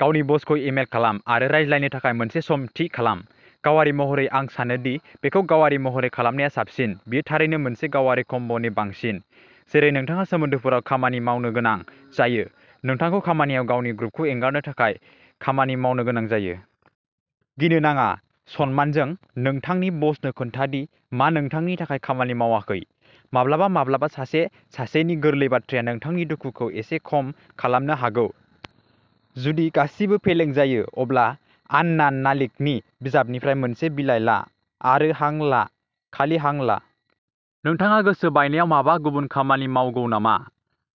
गावनि बसखौ इमेल खालाम आरो रायज्लायनो थाखाय मोनसे सम थि खालाम। गावारि महरै, आं सानो दि बेखौ गावारि महरै खालामनाया साबसिन; बेयो थारैनो मोनसे गावारि कन्भ'नि बांसिन। जेरै नोंथाङा सोमोन्दोफोराव खामानि मावनो गोनां जायो, नोंथांखौ खामानियाव गावनि ग्रुभखौ नागिरनो थाखाय खामानि मावनो गोनां जायो। गिनो नाङा, सनमानजों, नोंथांनि बसनो खोन्था दि मा नोंथांनि थाखाय खामानि मावाखै। माब्लाबा माब्लाबा सासे-सासेनि गोरलै बाथ्राया नोंथांनि दुखुखौ एसे खम खालामनो हागौ। जुदि गासिबो फेलें जायो, अब्ला आन्ना नालिकनि बिजाबनिफ्राय मोनसे बिलाइ ला आरो हां ला, खालि हां ला। नोंथाङा गोसो बायनायाव माबा गुबुन खामानि मावगौ नामा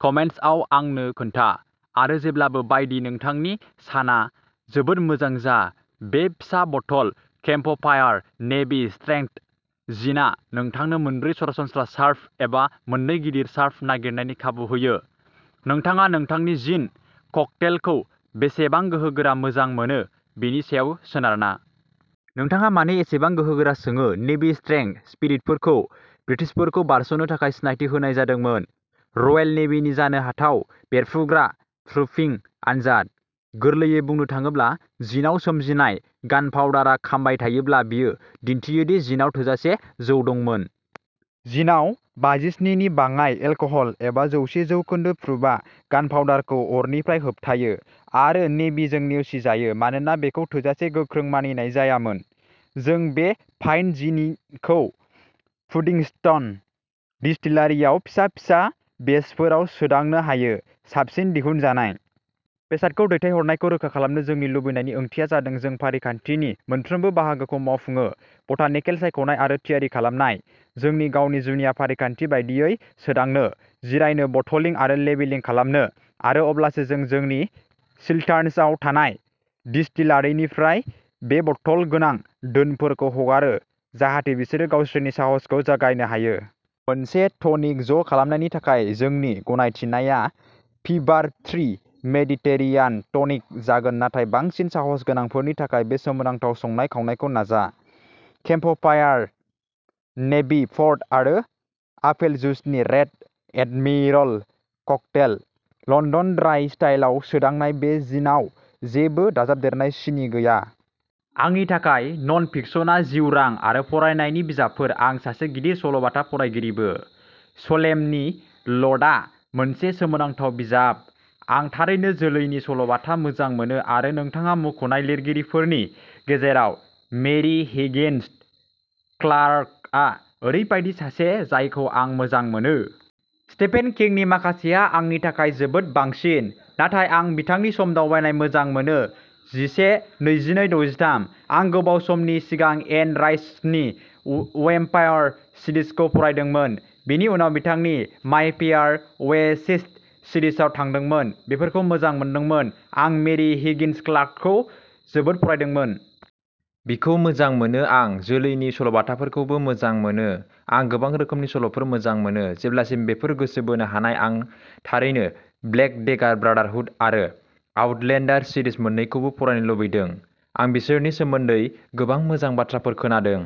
कमेन्ट्आव आंनो खोन्था आरो जेब्लाबो बायदि नोंथांनि साना जोबोद मोजां जा बे फिसा बथल केम्पफायर नेभि स्ट्रेंथ जिनआ नोंथांनो मोनब्रै सरासनस्रा सार्भ एबा मोननै गिदिर सार्भ नागिरनायनि खाबु होयो, नोंथाङा नोंथांनि जिन ककटेलखौ बेसेबां गोहोगोरा मोजां मोनो बेनि सायाव सोनारना। नोंथाङा मानो एसेबां गोहोगोरा सोङो नेभि स्ट्रेंथ स्पिरिटफोरखौ ब्रिटिशफोरखौ बारस'नो थाखाय सिनायथि होनाय जादोंमोन। रयेल नेभिनि जानो हाथाव बेरफ्रुग्रा प्रुफिं आनजाद। गोरलैयै बुंनो थाङोब्ला, जिनआव सोमजिनाय गानपाउडारआ खामबाय थायोब्ला बेयो दिन्थियो दि जिनआव थोजासे जौ दंमोन। जिनआव बाजिस्नि नि बाङाइ एलकहल एबा जौसे जौखोन्दो प्रुफआ गानपाउडारखौ अरनिफ्राय होबथायो आरो नेभिजों नेवसिजायो मानोना बेखौ थोजासे गोख्रों मानिनाय जायामोन। जों बे फाइन जिनखौ पुडिंस्टन डिस्टिलारिआव फिसा-फिसा बेचफोराव सोदांनो हायो। साबसिन दिहुनजानाय बेसादखौ दैथायहरनायखौ रोखा खालामनो जोंनि लुबैनायनि ओंथिया जादों जों फारिखान्थिनि मोनफ्रोमबो बाहागोखौ मावफुङो, बटानिकेल सायख'नाय आरो थियारि खालामनाय, जोंनि गावनि जुनिया फारिखान्थि बायदियै सोदांनो, जिरायनो बटलिं आरो लेबेलिं खालामनो आरो अब्लासो जों जोंनि चिल्टार्न्सआव थानाय डिस्टिलारिनिफ्राय बे बटल गोनां धोनफोरखौ हगारो जाहाथे बिसोरो गावसोरनि साहसखौ जागायनो हायो। मोनसे टनिक ज' खालामनायनि थाखाय जोंनि गनायथिनायआ फिभार-ट्री मेडिटेरेनियान टनिक जागोन नाथाय बांसिन साहसगोनांफोरनि थाखाय बे सोमोनांथाव संनाय-खावनायखौ नाजा। केम्पफायर नेभी, पर्ट आरो आपेल जुसनि-रेड एडमिरल ककटेल। लन्दन ड्राइ स्टाइलआव सोदांनाय बे जिनआव जेबो दाजाबदेरनाय सिनि गैया। आंनि थाखाय, नन-फिकशनआ जिउरां आरो फरायनायनि बिजाबफोर आं सासे गिदिर सल'बाथा फरायगिरिबो। सलेमनि ल'टआ मोनसे सोमोनांथाव बिजाब। आं थारैनो जोलैनि सल'बाथा मोजां मोनो आरो नोंथाङा मुंख'नाय लिरगिरिफोरनि गेजेराव, मेरि हिगिन्स क्लार्कआ ओरैबायदि सासे जायखौ आं मोजां मोनो। स्टेफेन किंनि माखासेआ आंनि थाखाय जोबोद बांसिन, नाथाय आं बिथांनि सम-दावबायनाय मोजां मोनो जिसे-नैजिनै-दजिथाम । आं गोबाव समनि सिगां एन राइसनि वेम्पायर सिरिजखौ फरायदोंमोन, बेनि उनाव बिथांनि मायफेयार विचेस सिरिजआव थांदोंमोन बेफोरखौ मोजां मोनदोंमोन आं मेरि हिगिन्स क्लार्कखौ जोबोद फरायदोंमोन! बिखौ मोजां मोनो आं जोलैनि सल'बाथाफोरखौबो मोजां मोनो आं गोबां रोखोमनि सल'फोर मोजां मोनो, जेब्लासिम बेफोर गोसो बोनो हानाय आं थारैनो ब्लेक डेगार ब्रादारहुड आरो आउटलेन्डार सिरिज मोन्नैखौबो फरायनो लुबैदों। आं बिसोरनि सोमोन्दै गोबां मोजां बाथ्राफोर खोनादों।